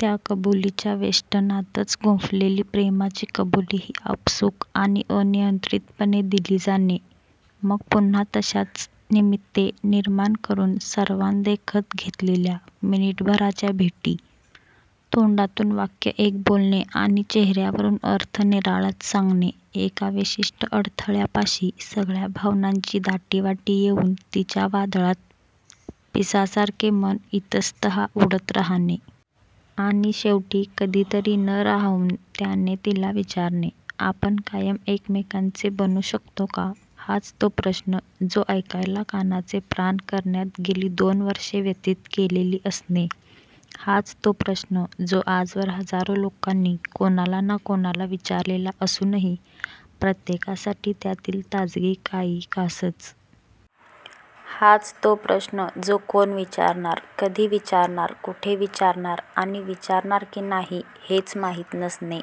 त्या कबूलीच्या वेष्टनातच गुंफलेली प्रेमाची कबूलीही आपसूक आणि अनियंत्रीतपणे दिली जाणे! मग पुन्हा तश्याच निमित्ते निर्माण करून सर्वांदेखत घेतलेल्या मिनिटभराच्या भेटी! तोंडातून वाक्य एक बोलणे आणि चेहर्यावरून अर्थ निराळाच सांगणे! एका विशिष्ट अडथळ्यापाशी सगळ्या भावनांची दाटीवाटी येऊन तिच्या वादळात पिसासारखे मन इतस्ततः उडत राहणे! आणि शेवटी कधीतरी न राहवून त्याने तिला विचारणे! 'आपण कायम एकमेकांचे बनू शकतो का? हाच तो प्रश्न जो ऐकायला कानाचे प्राण करण्यात गेली दोन वर्षे व्यतीत केलेली असणे! हाच तो प्रश्न जो आजवर हजारो लोकांनी कोणाला ना कोणाला विचारलेला असूनही प्रत्येकासाठी त्यातील ताजगी काही खासच! हाच तो प्रश्न जो कोण विचारणार, कधी विचारणार, कुठे विचारणार आणि विचारणार की नाही हेच माहीत नसणे!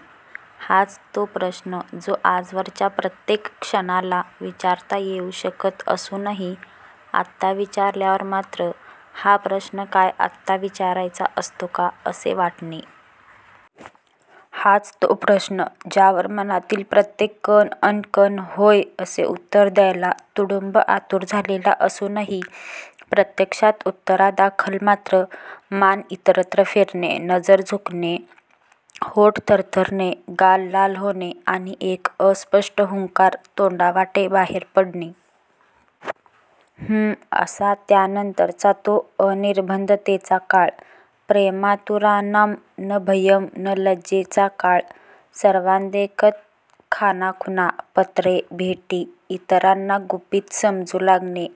हाच तो प्रश्न जो आजवरच्या प्रत्येक क्षणाला विचारता येऊ शकत असूनही आत्ता विचारल्यावर मात्र 'हा प्रश्न काय आत्ता विचारायचा असतो का' असे वाटणे! हाच तो प्रश्न, ज्यावर मनातील प्रत्येक कण अन् कण 'होय' असे उत्तर द्यायला तुडुंब आतुर झालेला असूनही प्रत्यक्षात उत्तरादाखल मात्र मान इतरत्र फिरणे, नजर झुकणे, ओठ थरथरणे, गाल लाल होणे आणि एक अस्पष्ट हुंकार तोंडावाटे बाहेर पडणे! 'हं' असा! त्यानंतरचा तो अनिर्बंधतेचा काळ! प्रेमातुराणां न भयं न लज्जेचा काळ! सर्वांदेखत खाणाखुणा! पत्रे! भेटी! इतरांना गुपीत समजू लागणे!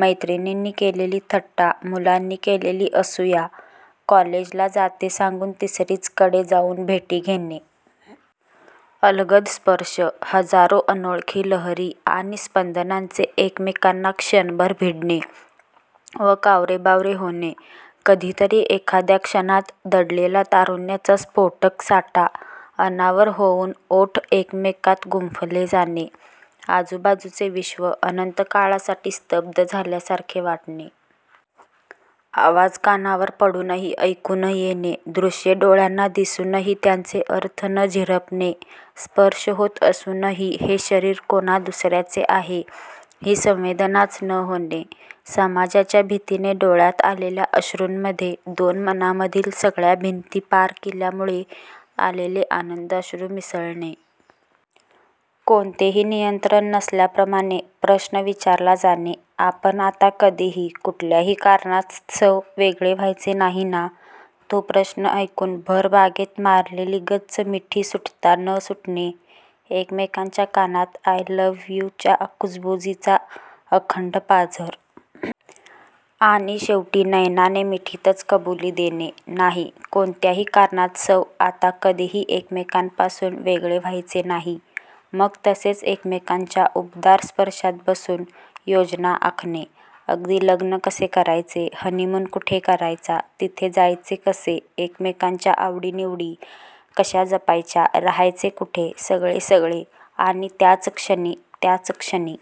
मैत्रिणींनी केलेली थट्टा! मुलांनी केलेली असूया! कॉलेजला जाते सांगून तिसरीचकडे जाऊन भेटी घेणे! अलगद स्पर्श! हजारो अनोळखी लहरी आणि स्पंदनांचे एकमेकांना क्षणभर भिडणे व कावरेबावरे होणे! कधीतरी एखाद्या क्षणात दडलेला तारुण्याचा स्फोटक साठा अनावर होऊन ओठ एकमेकांत गुंफले जाणे! आजूबाजूचे विश्व अनंत काळासाठी स्तब्ध झाल्यासारखे वाटणे! आवाज कानावर पडूनही ऐकू न येणे! दृष्ये डोळ्यांना दिसूनही त्यांचे अर्थ न झिरपणे! स्पर्श होत असूनही हे शरीर कोणा दुसर्याचे आहे ही संवेदनाच न होणे! समाजाच्या भीतीने डोळ्यांत आलेल्या अश्रूंमध्ये दोन मनांमधील सगळ्या भिंती पार केल्यामुळे आलेले आनंदाश्रू मिसळणे! कोणतेही नियंत्रण नसल्याप्रमाणे प्रश्न विचारला जाणे! 'आपण आता कधीही, कुठल्याही कारणास्तव वेगळे व्हायचे नाही ना? ' तो प्रश्न ऐकून भर बागेत मारलेली गच्च मिठी सुटता न सुटणे! एकमेकांच्या कानात 'आय लव्ह यू'च्या कुजबुजीचा अखंड पाझर! आणि शेवटी नयनाने मिठीतच कबूली देणे! 'नाही, कोणत्याही कारणास्तव आता कधीही एकमेकांपासून वेगळे व्हायचे नाही'! मग तसेच एकमेकांच्या उबदार स्पर्शात बसून योजना आखणे! अगदी लग्न कसे करायचे, हनीमून कुठे करायचा, तिथे जायचे कसे, एकमेकांच्या आवडीनिवडी कश्या जपायच्या, राहायचे कुठे, सगळे सगळे! आणि त्याचक्षणी! त्याचक्षणी